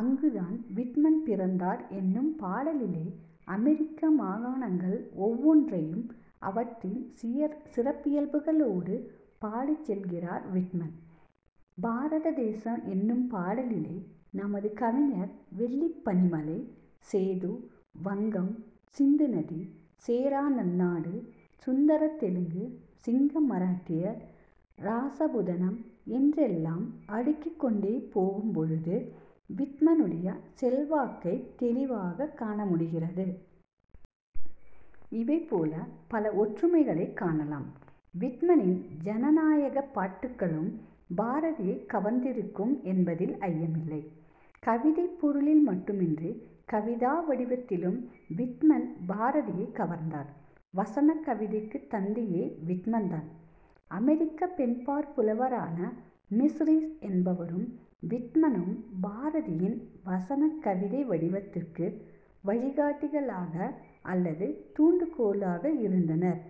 அங்குதான் விட்மன் பிறந்தார் என்னும் பாடலிலே அமெரிக்க மாகாணங்கள் ஒவ்வொன்றையும் அவற்றின் சிறப்பியல்புகளோடு பாடிச் செல்கிறார் விட்மன். பாரத தேசம் என்னும் பாடலிலே நமது கவிஞர் வெள்ளிப் பனிமலை. சேது, வங்கம், சிந்து நதி, சேர நன்னாடு, சுந்தரத் தெலுங்கு, சிங்க மராட்டியர், ராசபுதனம் என்றெல்லாம் அடுக்கிக்கொண்டு போகும்பொழுது விட்மனுடைய செல்வாக்கைத் தௌிவாகக் காணமுடிகிறது. இவைபோலப் பல ஒற்றுமைகளைக் காணலாம். விட்மனின் சனநாயகப் பாட்டுக்களும் பாரதியைக் கவர்ந்திருக்கும் என்பதில் ஐயமில்லை. கவிதைப் பொருளில் மட்டுமன்றி, கவிதா வடிவத்திலும் விட்மன் பாரதியைக் கவர்ந்தார். வசன கவிதைக்குத் தந்தையே விட்மன் தான். அமெரிக்கப் பெண்பாற் புலவரான மிஸ் ரீஸ் என்பாரும் விட்மனும் பாரதியின் வசன கவிதை வடிவத்திற்கு வழிகாட்டிகளாக அல்லது தூண்டுகோலாக இருந்தனர்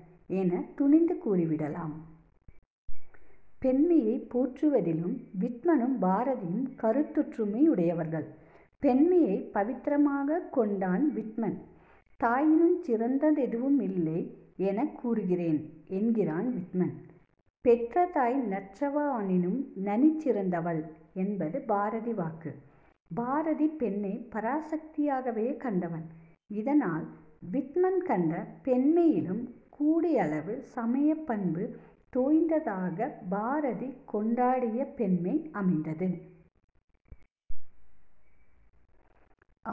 எனத் துணிந்து கூறிவிடலாம். பெண்மையை போற்றுவதிலும் விட்மனும் பாரதியும் கருத்தொற்றுமை உடையவர்கள். பெண்மையைப் பவித்திரமாகக் கொண்டான் விட்மன். "தாயினுஞ் சிறந்ததெதுவுமில்லை எனக் கூறுகிறேன்" என்கிறான் விட்மன். "பெற்றதாய் நற்றவ வானினும் நனி சிறந்தவள்" என்பது பாரதி வாக்கு. பாரதி பெண்ணைப் பராசக்தியாகவே கண்டவன். இதனால் விட்மன் கண்ட பெண்மையிலும் கூடியளவு சமயப் பண்பு தோய்ந்ததாகப் பாரதி கொண்டாடிய பெண்மை அமைந்தது.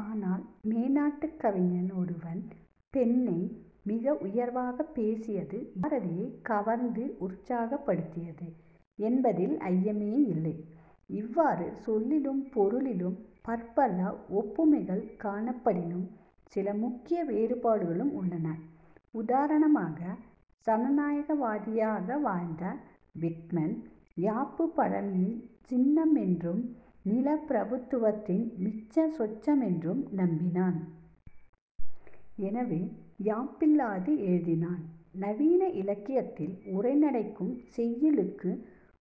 ஆனால் மேனாட்டுக் கவிஞன் ஒருவன் பெண்ணை மிக உயர்வாகப் பேசியது பாரதியைக் கவர்ந்து உற்சாகப்படுத்தியது என்பதில் ஐயமேயில்லை. இவ்வாறு சொல்லிலும் பொருளிலும் பற்பல ஒப்புமைகள் காணப்படினும் சில முக்கிய வேறுபாடுகளும் உள்ளன. உதாரணமாக சனநாயகவாதியாக வாழ்ந்த விட்மன், யாப்பு பழமையின் சின்னமென்றும், நிலப்பிரபுத்துவத்தின் மிச்ச சொச்சமென்றும் நம்பினான். எனவே யாப்பில்லாது எழுதினான். நவீன இலக்கியத்தில் உரைநடைக்கும் செய்யுளுக்கு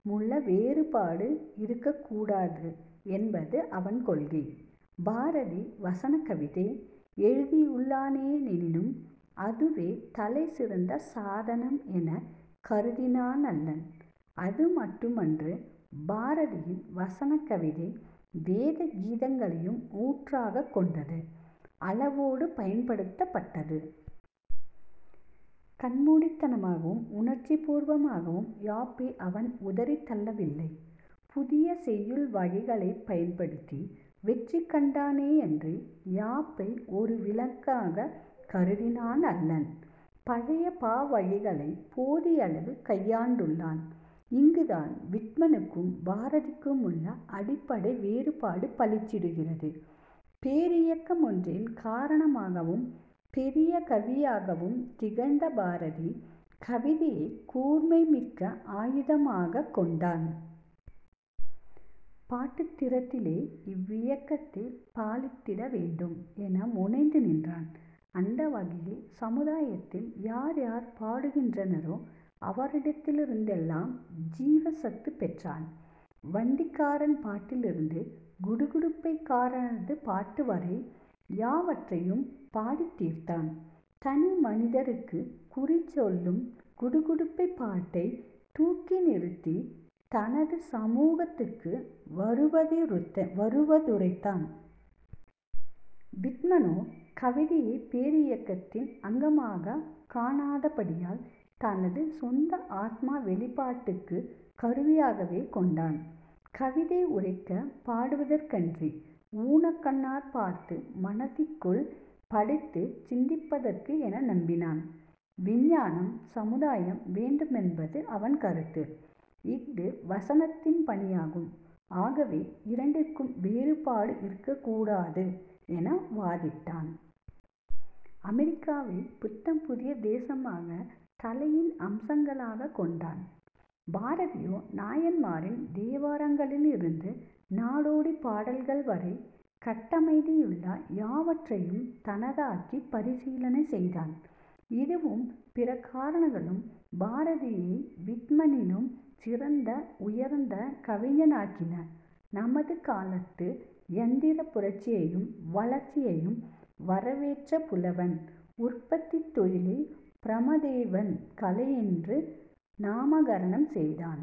முள்ள வேறுபாடு இருக்கக்கூடாது என்பது அவன் கொள்கை. பாரதி 'வசன கவிதை' எழுதியுள்ளானெனினும் அதுவே தலை சிறந்த சாதனம் எனக் கருதினானல்லன். அது மட்டுமன்று பாரதியின் 'வசன கவிதை' வேத கீதங்களையும் ஊற்றாகக் கொண்டது. அளவோடு பயன்படுத்தப்பட்டது. விட்மனைப்போல, கண்மூடித்தனமாகவும் உணர்ச்சிப் பூர்வமாகவும் யாப்பை அவன் உதறித்தள்ளவில்லை. புதிய செய்யுள் வகைகளைப் பயன்படுத்தி வெற்றிகண்டானேயன்றி யாப்பை ஒரு விலங்காகக் கருதினான் அல்லன். பழைய பா வகைகளைப் போதியளவு கையாண்டுள்ளான். இங்குதான் விட்மனுக்கும் பாரதிக்குமுள்ள அடிப்படை வேறுபாடு, பளிச்சிடுகிறது. பேரியக்க மொன்றின் காரணமாகவும் பெரிய கவியாகவும் திகழ்ந்த பாரதி, கவிதையைக் கூர்மைமிக்க ஆயுதமாகக் கொண்டான். "பாட்டுத் திறத்தாலே இவ்வையத்தைப் பாலித்திட வேண்டும்" என முனைந்து நின்றான். அந்த வகையில் சமுதாயத்தில் யார்யார் பாடுகின்றனரோ அவரிடத்திலிருந்தெல்லாம் ஜீவசத்துப் பெற்றான். வண்டிக்காரன் பாட்டிலிருந்து குடுகுடுப்பைக் காரனது பாட்டுவரை யாவற்றையும் பாடித்தீர்த்தான். தனி மனிதருக்குக் குறி சொல்லும் குடு குடுப்பைப் பாட்டைத் தூக்கி நிறுத்தித் தனது சமூகத்துக்கு வருவதுரைத்தான். விட்மனோ கவிதையைப் பேரியக்கத்தின் அங்கமாகக் காணாதபடியால், தனது சொந்த ஆத்ம வௌிப்பாட்டுக்குக் கருவியாகவே கொண்டான். கவிதை உரக்கப் பாடுவதற்கன்றி, ஊனக் கண்ணாற் பார்த்து மனத்துக்குள் படித்துச் சிந்திப்பதற்கு என நம்பினான். விஞ்ஞானம், சமுதாயம் வேண்டுமென்பது அவன் கருத்து. இஃது வசனத்தின் பணியாகும். ஆகவே, இரண்டிற்கும் வேறுபாடு இருக்கக்கூடாது என வாதிட்டான். அமெரிக்காவைப் புத்தம் புதிய தேசமாகத் தளையின் அம்சங்களாகக் கொண்டான். பாரதியோ நாயன்மாரின் தேவாரங்களிலிருந்து நாடோடிப் பாடல்கள் வரை கட்டமைதியுள்ள யாவற்றையும் தனதாக்கிப் பரிசீலனை செய்தான். இதுவும் பிற காரணங்களும் பாரதியை விட்மனிலும் சிறந்த-உயர்ந்த-கவிஞனாக்கின. நமது காலத்து யந்திரப் புரட்சியையும் வளர்ச்சியையும் வரவேற்ற புலவன் உற்பத்தித் தொழிலைப் பிரமதேவன் கலையென்று நாமகரணம் செய்தான்.